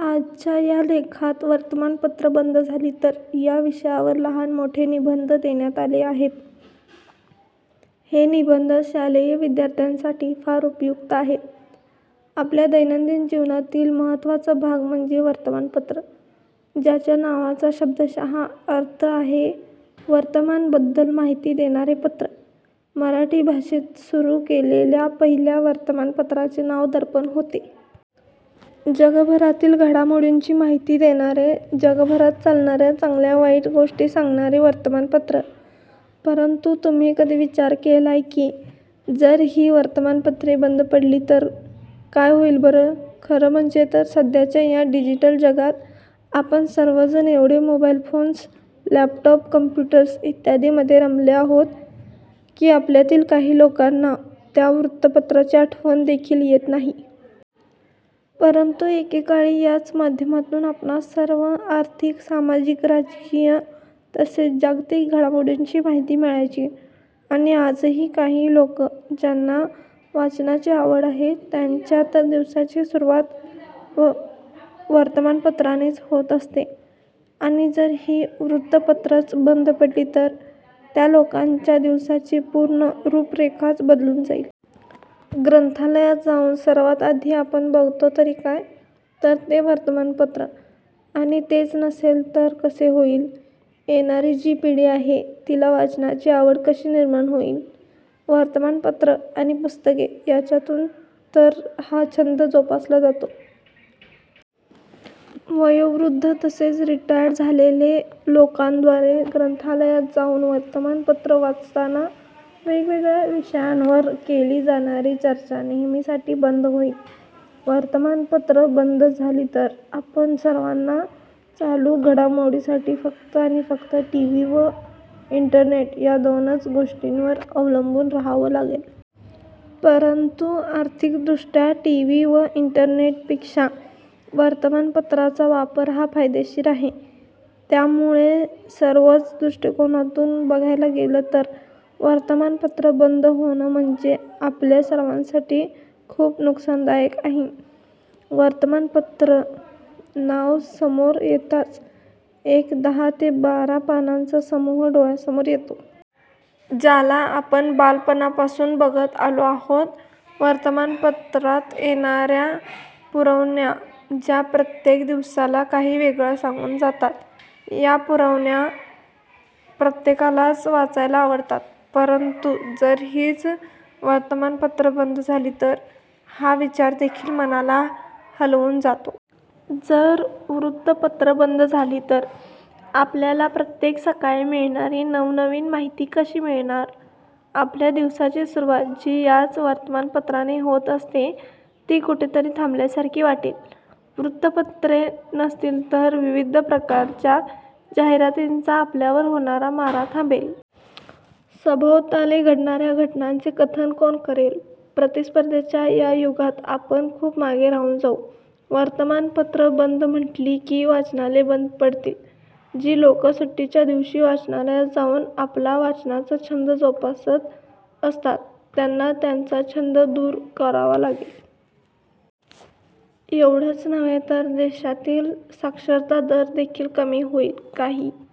आजच्या या लेखात वर्तमान पत्र बंद झाली तर या विषयावर लहान व मोठे मराठी निबंध देण्यात आले आहेत. हे निबंध शालेय विद्यार्थ्यांसाठी फार उपयुक्त आहेत. आपल्या दैनंदिन जीवनातील महत्वाचा भाग म्हणजे वर्तमानपत्र. ज्याच्या नावाचा शब्दशः अर्थ आहे वर्तमान बद्दल माहिती देणार पत्र, मराठी भाषेत सुरू केलेल्या पहिल्या वर्तमान पत्राचे नाव दर्पण होते. जगभरातील घडामोडींची माहिती देणारे, जगभरात चालणाऱ्या चांगल्या वाईट गोष्टीं सांगणारे वर्तमानपत्र..! परंतु तुम्ही कधी विचार केलाय कि, जर ही वर्तमानपत्र बंद पडली तर...? काय होईल बर... खर म्हणजे तर सध्याचा या डिजिटल जगात आपण सर्वजण एवढे मोबाईल फोन्स, लॅपटॉप, कॉम्प्युटर इत्यादि मध्ये रमले आहोत की आपल्यातील काही लोकांना त्या वृत्तपत्राची आठवण देखील येत नाही. परंतु एकेकाळी याच माध्यमातून आपणास सर्व आर्थिक, सामाजिक, राजकीय तसेच जागतिक घडामोडींची माहिती मिळायची. आणि आजही काही लोक ज्यांना वाचनाची आवड आहे त्यांच्या तर दिवसाची सुरुवात वर्तमानपत्रानेच होत असते. आणि जर ही वृतपत्रच बंद पडली तर त्या लोकांच्या दिवसाची पूर्ण रूप रेखाच बदलून जाईल..... ग्रंथालयात जाऊन सर्वात आधी आपण बघतो तरी काय तर ते वर्तमानपत्र आणि तेच नसेल तर कसे होईल? येणारी जी पिढी आहे तिला वाचनाची आवड कशी निर्माण होईल..! वर्तमानपत्र आणि पुस्तके याच्यातून तर हा छंद जोपासला जातो. वयोवृद्ध तसेच रिटायर झालेले लोकांद्वारे ग्रंथालयात जाऊन वर्तमानपत्र वाचतांना वेगवेगळ्या विषयावर केली जाणारी चर्चा नेहमीसाठीच बंद होईल. वर्तमानपत्र बंद झाली तर आपण सर्वांना चालू घडामोडी साठी फक्त आणि फक्त टीव्ही व इंटरनेट या दोनच गोष्टींवर अवलंबून राहावं लागेल. परंतु आर्थिकदृष्ट्या टीव्ही व इंटरनेटपेक्षा वर्तमानपत्राचा वापर हा फायदेशीर आहे. त्यामुळे सर्वच दृष्टिकोनातून बघायला गेले तर वर्तमानपत्र बंद होणे म्हणजे आपल्या सर्वांसाठी खूप नुकसानदायक आहे वर्तमान पत्र नाव समोर येताच एक दहा ते बारा पानांचा समूह डोळ्यासमोर येतो. ज्याला आपण बालपणापासून बघत आलो आहोत. वर्तमान पत्रात येणाऱ्या पुरवण्या ज्या प्रत्येक दिवसाला काही वेगळ सांगून जातात, या पुरवण्या प्रत्येकालाच वाचायला आवडतात. परंतु जर हीच वर्तमान पत्र बंद झाली तर..... हा विचार देखील मनाला हलवून जातो. जर वृत्तपत्र बंद झाली तर आपल्याला प्रत्येक सकाळी मिळणारी नवनवीन माहिती कशी मिळणार? आपल्या दिवसाची सुरुवात जी याच वर्तमानपत्राने होत असते ती कुठेतरी थांबल्यासारखी वाटेल. वृत्तपत्रे नसतील तर विविध प्रकारच्या जाहिरातींचा आपल्यावर होणारा मारा थांबेल. सभोवताली घडणाऱ्या घटनांचे कथन कोण करेल? प्रतिस्पर्धेच्या या युगात आपण खूप मागे राहून जाऊ. वर्तमान पत्र बंद म्हटली की वाचनालय बंद पडतील जी लोकं सुट्टीच्या दिवशी वाचनालयात जाऊन आपला वाचनाचा छंद जोपासत असतात त्यांना त्यांच्या छंद दूर करावा लागेल. एवढेच नव्हे तर देशातील साक्षरता दर देखील कमी होईल. काही